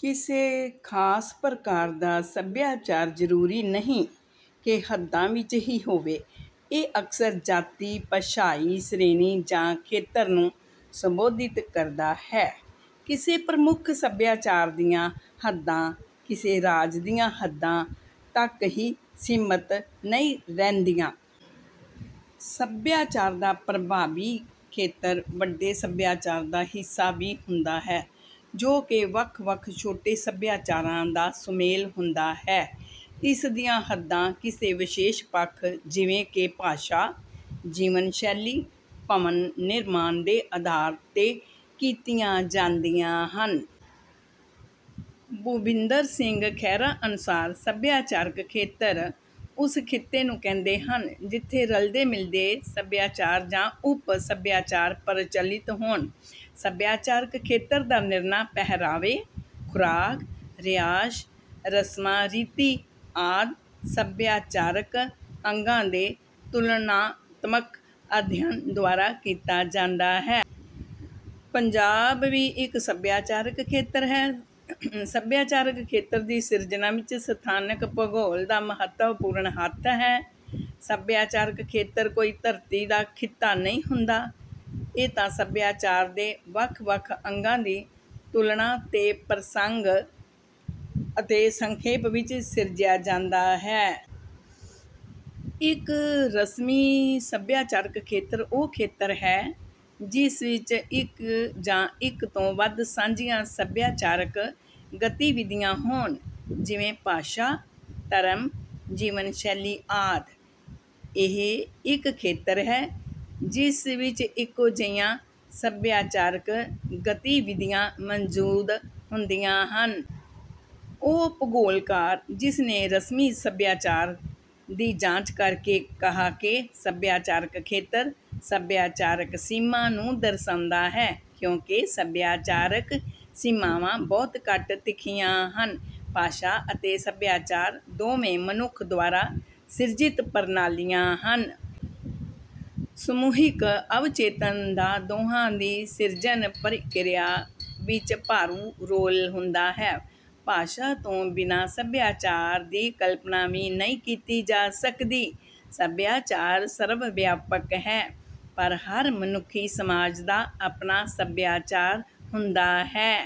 ਕਿਸੇ ਖਾਸ ਪ੍ਰਕਾਰ ਦਾ ਸਭਿਆਚਾਰ ਜ਼ਰੂਰੀ ਨਹੀਂ ਕਿ ਹੱਦਾਂ ਵਿੱਚ ਹੀ ਹੋਵੇ। ਇਹ ਅਕਸਰ ਜਾਤੀ-ਭਾਸ਼ਾਈ ਸ਼੍ਰੇਣੀ ਜਾਂ ਖੇਤਰ ਨੂੰ ਸੰਬੋਧਿਤ ਕਰਦਾ ਹੈ। ਕਿਸੇ ਪ੍ਰਮੁੱਖ ਸਭਿਆਚਾਰ ਦੀਆਂ ਹੱਦਾਂ ਕਿਸੇ ਰਾਜ ਦੀਆਂ ਹੱਦਾਂ ਤੱਕ ਹੀ ਸੀਮਿਤ ਨਹੀਂ ਰਹਿੰਦੀਆਂ। ਸਭਿਆਚਾਰ ਦਾ ਪ੍ਰਭਾਵੀ ਖੇਤਰ ਵੱਡੇ ਸਭਿਆਚਾਰ ਦਾ ਹਿੱਸਾ ਵੀ ਹੁੰਦਾ ਹੈ, ਜੋ ਕਿ ਵੱਖ-ਵੱਖ ਛੋਟੇ ਸਭਿਆਚਾਰਾਂ ਦਾ ਸੁਮੇਲ ਹੁੰਦਾ ਹੈ। ਇਸ ਦੀਆਂ ਹੱਦਾਂ ਕਿਸੇ ਵਿਸ਼ੇਸ਼ ਪੱਖ ਜਿਵੇਂ ਕਿ ਭਾਸ਼ਾ, ਜੀਵਨ ਸ਼ੈਲੀ, ਭਵਨ ਨਿਰਮਾਣ ਦੇ ਆਧਾਰ 'ਤੇ ਕੀਤੀਆਂ ਜਾਂਦੀਆਂ ਹਨ। ਭੁਪਿੰਦਰ ਸਿੰਘ ਖਹਿਰਾ ਅਨੁਸਾਰ ਸਭਿਆਚਾਰਕ ਖੇਤਰ ਉਸ ਖਿੱਤੇ ਨੂੰ ਕਹਿੰਦੇ ਹਨ, ਜਿੱਥੇ ਰਲਦੇ-ਮਿਲਦੇ ਸਭਿਆਚਾਰ ਜਾਂ ਉੱਪ-ਸਭਿਆਚਾਰ ਪ੍ਰਚਲਿਤ ਹੋਣ। ਸਭਿਆਚਾਰਕ ਖੇਤਰ ਦਾ ਨਿਰਣਾ ਪਹਿਰਾਵੇ, ਖੁਰਾਕ, ਰਿਹਾਇਸ਼, ਰਸਮਾਂ-ਰੀਤਾਂ ਆਦਿ ਸਭਿਆਚਾਰਕ ਅੰਗਾਂ ਦੇ ਤੁਲਨਾਤਮਕ ਅਧਿਐਨ ਦੁਆਰਾ ਕੀਤਾ ਜਾਂਦਾ ਹੈ। ਪੰਜਾਬ ਵੀ ਇੱਕ ਸਭਿਆਚਾਰਕ ਖੇਤਰ ਹੈ। ਸਭਿਆਚਾਰਕ ਖੇਤਰ ਦੀ ਸਿਰਜਣਾ ਵਿੱਚ ਸਥਾਨਕ ਭੂਗੋਲ ਦਾ ਮਹੱਤਵਪੂਰਨ ਹੱਥ ਹੈ। ਸਭਿਆਚਾਰਕ ਖੇਤਰ ਕੋਈ ਧਰਤੀ ਦਾ ਖਿੱਤਾ ਨਹੀਂ ਹੁੰਦਾ। ਇਹ ਤਾਂ ਸਭਿਆਚਾਰ ਦੇ ਵੱਖ-ਵੱਖ ਅੰਗਾਂ ਦੀ ਤੁਲਨਾ ਤੇ ਪ੍ਰਸੰਗ ਅਤੇ ਸਾਖੇਂਪ ਵਿੱਚ ਸਿਰਜਿਆ ਜਾਂਦਾ ਹੈ। ਇੱਕ ਰਸਮੀ ਸਭਿਆਚਾਰਕ ਖੇਤਰ ਉਹ ਖੇਤਰ ਹੈ, ਜਿਸ ਵਿੱਚ ਇੱਕ ਜਾਂ ਇੱਕ ਤੋਂ ਵੱਧ ਸਾਂਝੀਆਂ ਸਭਿਆਚਾਰਕ ਗਤੀਵਿਧੀਆਂ ਹੋਣ, ਜਿਵੇਂ - ਭਾਸ਼ਾ, ਧਰਮ, ਜੀਵਨ ਸ਼ੈਲੀ ਆਦਿ। ਇਹ ਇੱਕ ਖੇਤਰ ਹੈ, ਜਿਸ ਵਿੱਚ ਇੱਕੋ ਜਿਹੀਆਂ ਸਭਿਆਚਾਰਕ ਗਤੀਵਿਧੀਆਂ ਮੌਜੂਦ ਹੁੰਦੀਆਂ ਹਨ। ਉਹ ਭੂਗੋਲਕਾਰ, ਜਿਸਨੇ ਰਸਮੀ ਸਭਿਆਚਾਰ ਦੀ ਜਾਂਚ ਕਰ ਕੇ ਕਹਾ ਕਿ ਸਭਿਆਚਾਰਕ ਖੇਤਰ, ਸਭਿਆਚਾਰਕ ਸੀਮਾ ਨੂੰ ਦਰਸਾਉਂਦਾ ਹੈ, ਕਿਉਂਕਿ ਸਭਿਆਚਾਰਕ ਸੀਮਾਵਾਂ ਬਹੁਤ ਘੱਟ ਤਿੱਖੀਆਂ ਹਨ। ਭਾਸ਼ਾ ਅਤੇ ਸਭਿਆਚਾਰ ਦੋਵੇਂ ਮਨੁੱਖ ਦੁਆਰਾ ਸਿਰਜਿਤ ਪ੍ਰਣਾਲੀਆਂ ਹਨ। ਸਮੂਹਿਕ ਅਵਚੇਤਨ ਦਾ ਦੋਹਾਂ ਦੀ ਸਿਰਜਣ ਪ੍ਰਕਿਰਿਆ ਵਿੱਚ ਭਾਰੂ ਰੋਲ ਹੁੰਦਾ ਹੈ। ਭਾਸ਼ਾ ਤੋਂ ਬਿਨਾਂ ਸਭਿਆਚਾਰ ਦੀ ਕਲਪਨਾ ਵੀ ਨਹੀਂ ਕੀਤੀ ਜਾ ਸਕਦੀ। ਸਭਿਆਚਾਰ ਸਰਵ-ਵਿਆਪਕ ਹੈ, ਪਰ ਹਰ ਮਨੁੱਖੀ ਸਮਾਜ ਦਾ ਆਪਣਾ ਸਭਿਆਚਾਰ ਹੁੰਦਾ ਹੈ।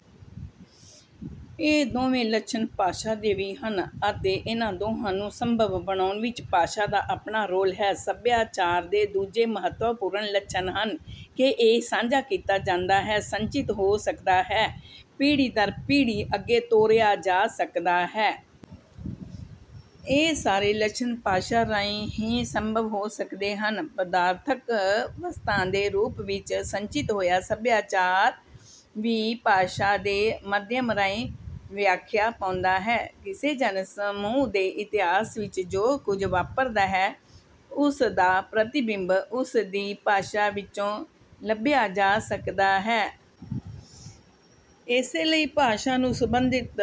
ਇਹ ਦੋਵੇਂ ਲੱਛਣ ਭਾਸ਼ਾ ਦੇ ਵੀ ਹਨ ਅਤੇ ਇਹਨਾਂ ਦੋਹਾਂ ਨੂੰ ਸੰਭਵ ਬਣਾਉਣ ਵਿੱਚ ਭਾਸ਼ਾ ਦਾ ਆਪਣਾ ਰੋਲ ਹੈ। ਸਭਿਆਚਾਰ ਦੇ ਦੂਜੇ ਮਹੱਤਵਪੂਰਨ ਲੱਛਣ ਹਨ ਕਿ ਇਹ ਸਾਂਝਾ ਕੀਤਾ ਜਾਂਦਾ ਹੈ, ਸੰਚਿਤ ਹੋ ਸਕਦਾ ਹੈ, ਪੀੜ੍ਹੀ ਦਰ ਪੀੜ੍ਹੀ ਅੱਗੇ ਤੋਰਿਆ ਜਾ ਸਕਦਾ ਹੈ। ਇਹ ਸਾਰੇ ਲੱਛਣ ਭਾਸ਼ਾ ਰਾਹੀਂ ਹੀ ਸੰਭਵ ਹੋ ਸਕਦੇ ਹਨ। ਪਦਾਰਥਕ ਵਸਤਾਂ ਦੇ ਰੂਪ ਵਿੱਚ ਸੰਚਿਤ ਹੋਇਆ ਸਭਿਆਚਾਰ ਵੀ ਭਾਸ਼ਾ ਦੇ ਮਾਧਿਅਮ ਰਾਹੀਂ ਵਿਆਖਿਆ ਪਾਉਂਦਾ ਹੈ। ਕਿਸੇ ਜਨ-ਸਮੂਹ ਦੇ ਇਤਿਹਾਸ ਵਿੱਚ ਜੋ ਕੁਝ ਵਾਪਰਦਾ ਹੈ, ਉਸ ਦਾ ਪ੍ਰਤਿਬਿੰਬ ਉਸ ਦੀ ਭਾਸ਼ਾ ਵਿੱਚੋਂ ਲੱਭਿਆ ਜਾ ਸਕਦਾ ਹੈ। ਇਸੇ ਲਈ ਭਾਸ਼ਾ ਨੂੰ ਸੰਬੰਧਿਤ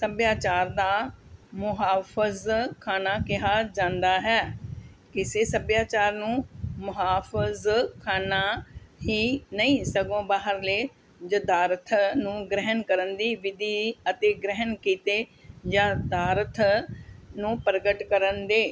ਸਭਿਆਚਾਰ ਦਾ "ਮੁਹਾਫ਼ਜ਼ਖਾਨਾ" ਕਿਹਾ ਜਾਂਦਾ ਹੈ। ਕਿਸੇ ਸਭਿਆਚਾਰ ਨੂੰ ਮੁਹਾਫ਼ਜ਼ਖਾਨਾ ਹੀ ਨਹੀਂ, ਸਗੋਂ ਬਾਹਰਲੇ ਯਦਾਰਥ ਨੂੰ ਗ੍ਰਹਿਣ ਕਰਨ ਦੀ ਵਿਧੀ ਅਤੇ ਗ੍ਰਹਿਣ ਕੀਤੇ ਯਥਾਰਥ ਨੂੰ ਪ੍ਰਗਟ ਕਰਨ ਦੇ